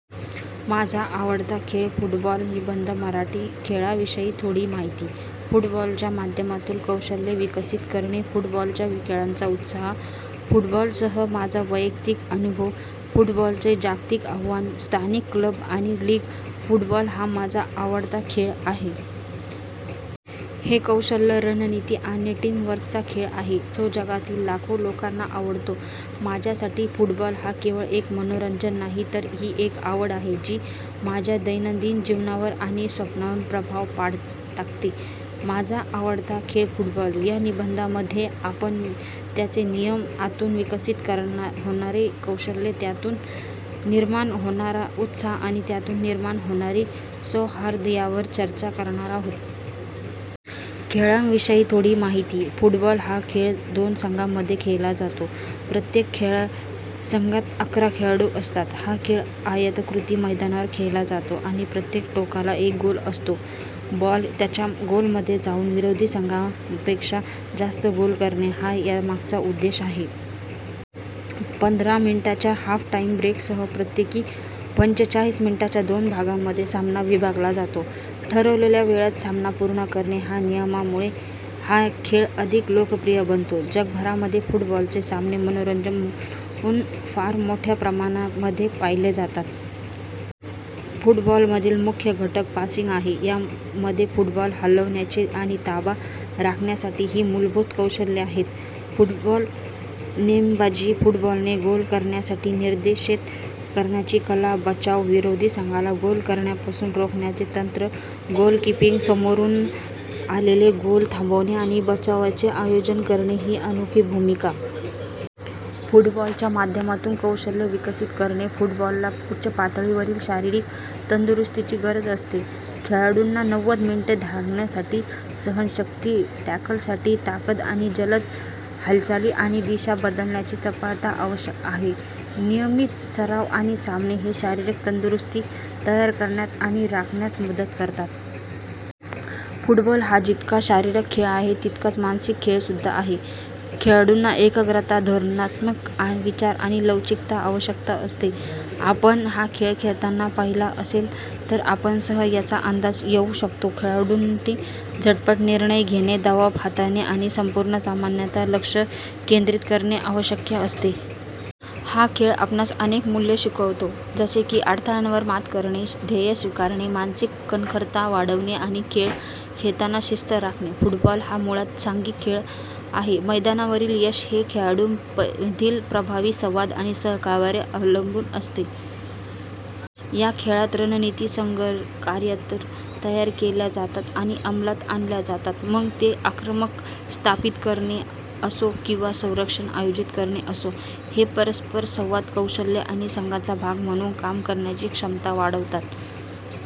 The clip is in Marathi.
माझा आवडता खेळ फुटबॉल निबंध मराठी, खेळाविषयी थोडी माहिती, फुटबॉलच्या माध्यमातून कौशल्ये विकसित करणे, फुटबॉलच्या खेळाचा उत्साह, फुटबॉलसह माझा वैयक्तिक अनुभव, फुटबॉलचे जागतिक आवाहन, स्थानिक क्लब आणि लीग, फुटबॉल हा माझा आवडता खेळ आहे. हा कौशल्य, रणनीती आणि टीमवर्कचा खेळ आहे, जो जगभरातील लाखो लोकांना आवडतो. माझ्यासाठी फुटबॉल हा केवळ एक मनोरंजन नाही तर ही एक आवड आहे जी माझ्या दैनंदिन जीवनावर आणि स्वप्नांवर प्रभाव टाकते. माझा आवडता खेळ फुटबॉल, या निबंधामध्ये आपण त्याचे नियम, त्यातून विकसित होणारी कौशल्ये, त्यातून निर्माण होणारा उत्साह आणि त्यातून निर्माण होणारी सौहार्द यावर चर्चा करणार आहोत. खेळाविषयी थोडी माहिती, फुटबॉल हा खेळ दोन संघांमध्ये खेळला जातो, प्रत्येक संघात अकरा खेळाडू असतात. हा खेळ आयताकृती मैदानावर खेळला जातो आणि प्रत्येक टोकाला एक गोल असतो. बॉल त्यांच्या गोलमध्ये जाऊन विरोधी संघापेक्षा जास्त गोल करणे हा यामागचा उद्देश आहे. पंधरा मिनिटांच्या हाफटाइम ब्रेकसह प्रत्येकी पंचेचाळीस मिनिटांच्या दोन भागांमध्ये सामना विभागला जातो. ठरविलेल्या वेळात सामना पूर्ण करणे ह्या नियमामुळे हा खेळ अधिक लोकप्रिय बनतो, जगभरामध्ये फुटबॉलचे सामने मनोरंजन म्हणून फार मोठ्या प्रमाणामध्ये पहिले जातात. फुटबॉलमधील मुख्य घटक पासिंग आहे, यामध्ये फुटबॉल हलवण्याची आणि ताबा राखण्यासाठी ही मूलभूत कौशल्ये आहेत, फुटबॉल नेमबाजी, फुटबॉलने गोल करण्यासाठी निर्देशित करण्याची कला, बचाव, विरोधी संघाला गोल करण्यापासून रोखण्याचे तंत्र, गोलकीपिंग, समोरून आलेले गोल थांबवणे आणि बचावाचे आयोजन करणे ही अनोखी भूमिका. फुटबॉलच्या माध्यमातून कौशल्ये विकसित करणे, फुटबॉलला उच्च पातळीवरील शारीरिक तंदुरुस्तीची गरज असते. खेळाडूंना नव्वद मिनिटे धावण्यासाठी सहनशक्ती, टॅकलसाठी ताकद आणि जलद हालचाली आणि दिशा बदलण्यासाठी चपळता आवश्यक आहे. नियमित सराव आणि सामने हे शारीरिक तंदुरुस्ती तयार करण्यात आणि राखण्यात मदत करतात. फुटबॉल हा जितका शारीरिक खेळ आहे तितकाच मानसिक खेळ सुद्धा आहे. खेळाडूंना एकाग्रता, धोरणात्मक विचार आणि लवचिकता आवश्यक असते. आपण हा खेळ खेळताना पाहिला असेल तर आपणासही याचा अंदाज येऊ शकतो, खेळाडूंनी झटपट निर्णय घेणे, दबाव हाताळणे आणि संपूर्ण सामन्यात लक्ष केंद्रित करणे आवश्यक असते. हा खेळ आपणास अनेक मूल्ये शिकवितो जसे की, अडथळ्यांवर मात करणे, ध्येय स्वीकारणे, मानसिक कणखरता वाढविणे आणि खेळ खेळताना शिस्त राखणे. फुटबॉल हा मुळात सांघिक खेळ आहे. मैदानावरील यश हे खेळाडूंमधील प्रभावी संवाद आणि सहकार्यावर अवलंबून असते. या खेळात रणनीती संघकार्यातून तयार केल्या जातात आणि अंमलात आणल्या जातात, मग ते आक्रमण स्थापित करणे असो किंवा संरक्षण आयोजित करणे असो. हे परस्पर संवाद कौशल्ये आणि संघाचा भाग म्हणून काम करण्याची क्षमता वाढवतात.